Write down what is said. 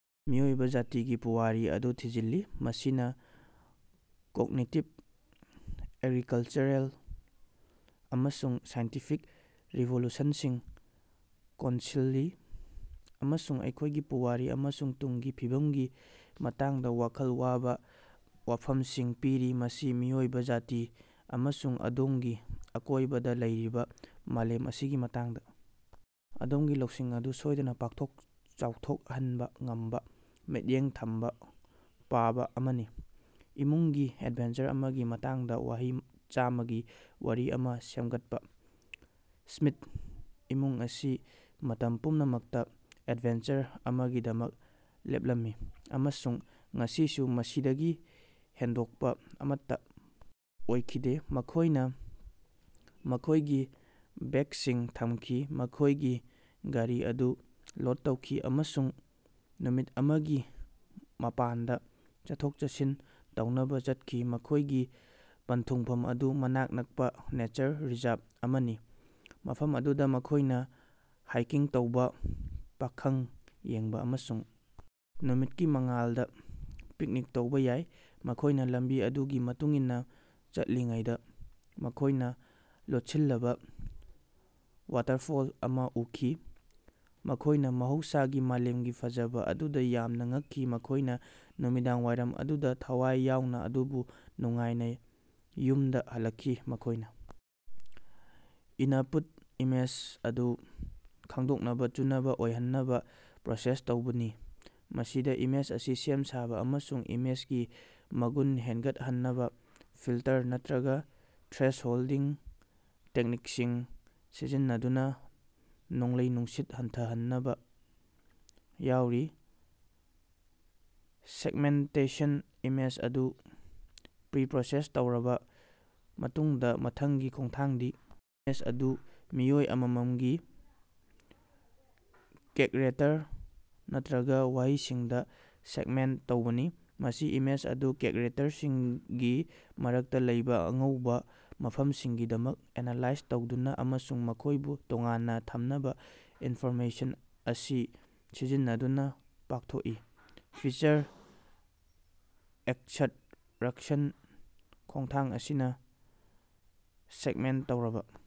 ꯃꯤꯑꯣꯏꯕ ꯖꯥꯇꯤꯒꯤ ꯄꯨꯋꯥꯔꯤ ꯑꯗꯨ ꯊꯤꯖꯤꯜꯂꯤ꯫ ꯃꯁꯤꯅꯥ ꯀꯣꯒꯅꯤꯇꯤꯕ, ꯑꯦꯒ꯭ꯔꯤꯀꯂꯆꯔꯦꯜ, ꯑꯃꯁꯨꯡ ꯁꯥꯏꯟꯇꯤꯐꯤꯛ ꯔꯤꯚꯣꯂꯨꯁꯟꯁꯤꯡ ꯀꯣꯟꯁꯤꯜꯂꯤ ꯑꯃꯁꯨꯡ ꯑꯩꯈꯣꯏꯒꯤ ꯄꯨꯋꯥꯔꯤ ꯑꯃꯁꯨꯡ ꯇꯨꯡꯒꯤ ꯐꯤꯕꯝꯒꯤ ꯃꯇꯥꯡꯗꯥ ꯋꯥꯈꯜ ꯋꯥꯕ ꯋꯥꯐꯝꯁꯤꯡ ꯄꯤꯔꯤ꯫ ꯃꯁꯤ ꯃꯤꯑꯣꯏꯕ ꯖꯥꯇꯤ ꯑꯃꯁꯨꯡ ꯑꯗꯣꯝꯒꯤ ꯑꯀꯣꯏꯕꯗ ꯂꯩꯔꯤꯕ ꯃꯥꯂꯦꯝ ꯑꯁꯤꯒꯤ ꯃꯇꯥꯡꯗꯥ ꯑꯗꯣꯝꯒꯤ ꯂꯧꯁꯤꯡ ꯑꯗꯨ ꯁꯣꯏꯗꯅ ꯄꯥꯛꯊꯣꯛ ꯆꯥꯎꯊꯣꯛꯍꯟꯕ ꯉꯝꯕ ꯃꯤꯠꯌꯦꯡ ꯊꯝꯕ ꯄꯥꯕ ꯑꯃꯅꯤ꯫ ꯏꯃꯨꯡꯒꯤ ꯑꯦꯗꯚꯦꯟꯆꯔ ꯑꯃꯒꯤ ꯃꯇꯥꯡꯗꯥ ꯋꯥꯍꯩ ꯆꯥꯃꯥꯒꯤ ꯋꯥꯔꯤ ꯑꯃꯥ ꯁꯦꯝꯒꯠꯄꯥ꯫ ꯁ꯭ꯃꯤꯊ ꯏꯃꯨꯡ ꯑꯁꯤ ꯃꯇꯝ ꯄꯨꯝꯅꯃꯛꯇꯥ ꯑꯦꯗꯚꯦꯟꯆꯔ ꯑꯃꯒꯤꯗꯃꯛ ꯂꯦꯞꯂꯝꯃꯤ, ꯑꯃꯁꯨꯡ ꯉꯁꯤꯁꯨ ꯃꯁꯤꯗꯒꯤ ꯍꯦꯟꯗꯣꯛꯄ ꯑꯃꯠꯇꯥ ꯑꯣꯏꯈꯤꯗꯦ꯫ ꯃꯈꯣꯏꯅ ꯃꯈꯣꯏꯒꯤ ꯕꯦꯒꯁꯤꯡ ꯊꯝꯈꯤ, ꯃꯈꯣꯏꯒꯤ ꯒꯥꯔꯤ ꯑꯗꯨ ꯂꯣꯗ ꯇꯧꯈꯤ ꯑꯃꯁꯨꯡ ꯅꯨꯃꯤꯠ ꯑꯃꯒꯤ ꯃꯄꯥꯟꯗꯥ ꯆꯠꯊꯣꯛ-ꯆꯠꯁꯤꯟ ꯇꯧꯅꯕ ꯆꯠꯈꯤ꯫ ꯃꯈꯣꯏꯒꯤ ꯄꯟꯊꯨꯡꯐꯝ ꯑꯗꯨ ꯃꯅꯥꯛ ꯅꯛꯄꯥ ꯅꯦꯆꯔ ꯔꯤꯖꯔꯕ ꯑꯃꯅꯤ, ꯃꯐꯝ ꯑꯗꯨꯗꯥ ꯃꯈꯣꯏꯅ ꯍꯥꯏꯀꯤꯡ ꯇꯧꯕ, ꯄꯥꯈꯪ ꯌꯦꯡꯕ ꯑꯃꯁꯨꯡ ꯅꯨꯃꯤꯠꯀꯤ ꯃꯉꯥꯜꯗ ꯄꯤꯛꯅꯤꯛ ꯇꯧꯕ ꯌꯥꯏ꯫ ꯃꯈꯣꯏꯅ ꯂꯝꯕꯤ ꯑꯗꯨꯒꯤ ꯃꯇꯨꯡ ꯏꯟꯅꯥ ꯆꯠꯂꯤꯉꯩꯗ ꯃꯈꯣꯏꯅ ꯂꯣꯠꯁꯤꯜꯂꯕ ꯋꯥꯇꯔꯐꯣꯜ ꯑꯃꯥ ꯎꯈꯤ, ꯃꯈꯣꯏꯅ ꯃꯍꯧꯁꯥꯒꯤ ꯃꯥꯂꯦꯝꯒꯤ ꯐꯖꯕ ꯑꯗꯨꯗꯥ ꯌꯥꯝꯅ ꯉꯛꯈꯤ꯫ ꯃꯈꯣꯏꯅ ꯅꯨꯃꯤꯗꯥꯡꯋꯥꯏꯔꯝ ꯑꯗꯨꯗꯥ ꯊꯋꯥꯏ ꯌꯥꯎꯅ ꯑꯗꯨꯕꯨ ꯅꯨꯡꯉꯥꯏꯅꯥ ꯌꯨꯝꯗꯥ ꯍꯜꯂꯛꯈꯤ꯫ ꯃꯈꯣꯏꯅ ꯏꯅꯄꯨꯠ ꯏꯃꯦꯖ ꯑꯗꯨ ꯈꯪꯗꯣꯛꯅꯕ ꯆꯨꯅꯕ ꯑꯣꯏꯍꯟꯅꯕ ꯄ꯭ꯔꯣꯁꯦꯁ ꯇꯧꯕꯅꯤ꯫ ꯃꯁꯤꯗꯥ ꯏꯃꯦꯖ ꯑꯁꯤ ꯁꯦꯝ ꯁꯥꯕ ꯑꯃꯁꯨꯡ ꯏꯃꯦꯖꯒꯤ ꯃꯒꯨꯟ ꯍꯦꯟꯒꯠꯍꯟꯅꯕ ꯐꯤꯜꯇꯔ ꯅꯠꯇ꯭ꯔꯒ ꯊ꯭ꯔꯦꯁꯍꯣꯜꯗꯤꯡ ꯇꯦꯛꯅꯤꯛꯁꯤꯡ ꯁꯤꯖꯤꯟꯅꯗꯨꯅꯥ ꯅꯣꯡꯂꯩ-ꯅꯨꯡꯁꯤꯠ ꯍꯟꯊꯍꯅꯕꯥ ꯌꯥꯎꯔꯤ꯫ ꯁꯦꯒꯃꯦꯟꯇꯦꯁꯟ ꯏꯃꯦꯖ ꯑꯗꯨ ꯄ꯭ꯔꯤ-ꯄ꯭ꯔꯣꯁꯦꯁ ꯇꯧꯔꯕꯥ ꯃꯇꯨꯡꯗꯥ ꯃꯊꯪꯒꯤ ꯈꯣꯡꯊꯥꯡꯗꯤ ꯏꯃꯦꯖ ꯑꯗꯨ ꯃꯤꯑꯣꯏ ꯑꯃꯃꯝꯒꯤ ꯀꯦꯛꯔꯦꯇꯔ ꯅꯠꯇ꯭ꯔꯒꯥ ꯋꯥꯍꯩꯁꯤꯡꯗꯥ ꯁꯦꯒꯃꯦꯟꯇ ꯇꯧꯕꯅꯤ꯫ ꯃꯁꯤ ꯏꯃꯦꯖ ꯑꯗꯨ ꯀꯦꯛꯔꯦꯇꯔꯁꯤꯡꯒꯤ ꯃꯔꯛꯇꯥ ꯂꯩꯕ ꯑꯉꯧꯕ ꯃꯐꯝꯁꯤꯡꯒꯤꯗꯃꯛ ꯑꯦꯅꯥꯂꯥꯏꯖ ꯇꯧꯗꯨꯅꯥ ꯑꯃꯁꯨꯡ ꯃꯈꯣꯏꯕꯨ ꯇꯣꯉꯥꯟꯅꯥ ꯊꯝꯅꯕꯥ ꯏꯟꯐꯣꯔꯃꯦꯁꯟ ꯑꯁꯤ ꯁꯤꯖꯤꯟꯅꯗꯨꯅꯥ ꯄꯥꯡꯊꯣꯛꯏ꯫ ꯐꯤꯆꯔ ꯑꯦꯛꯁꯠꯔꯥꯛꯁꯟ ꯈꯣꯡꯊꯥꯡ ꯑꯁꯤꯅꯥ ꯁꯦꯒꯃꯦꯟꯠ ꯇꯧꯔꯕ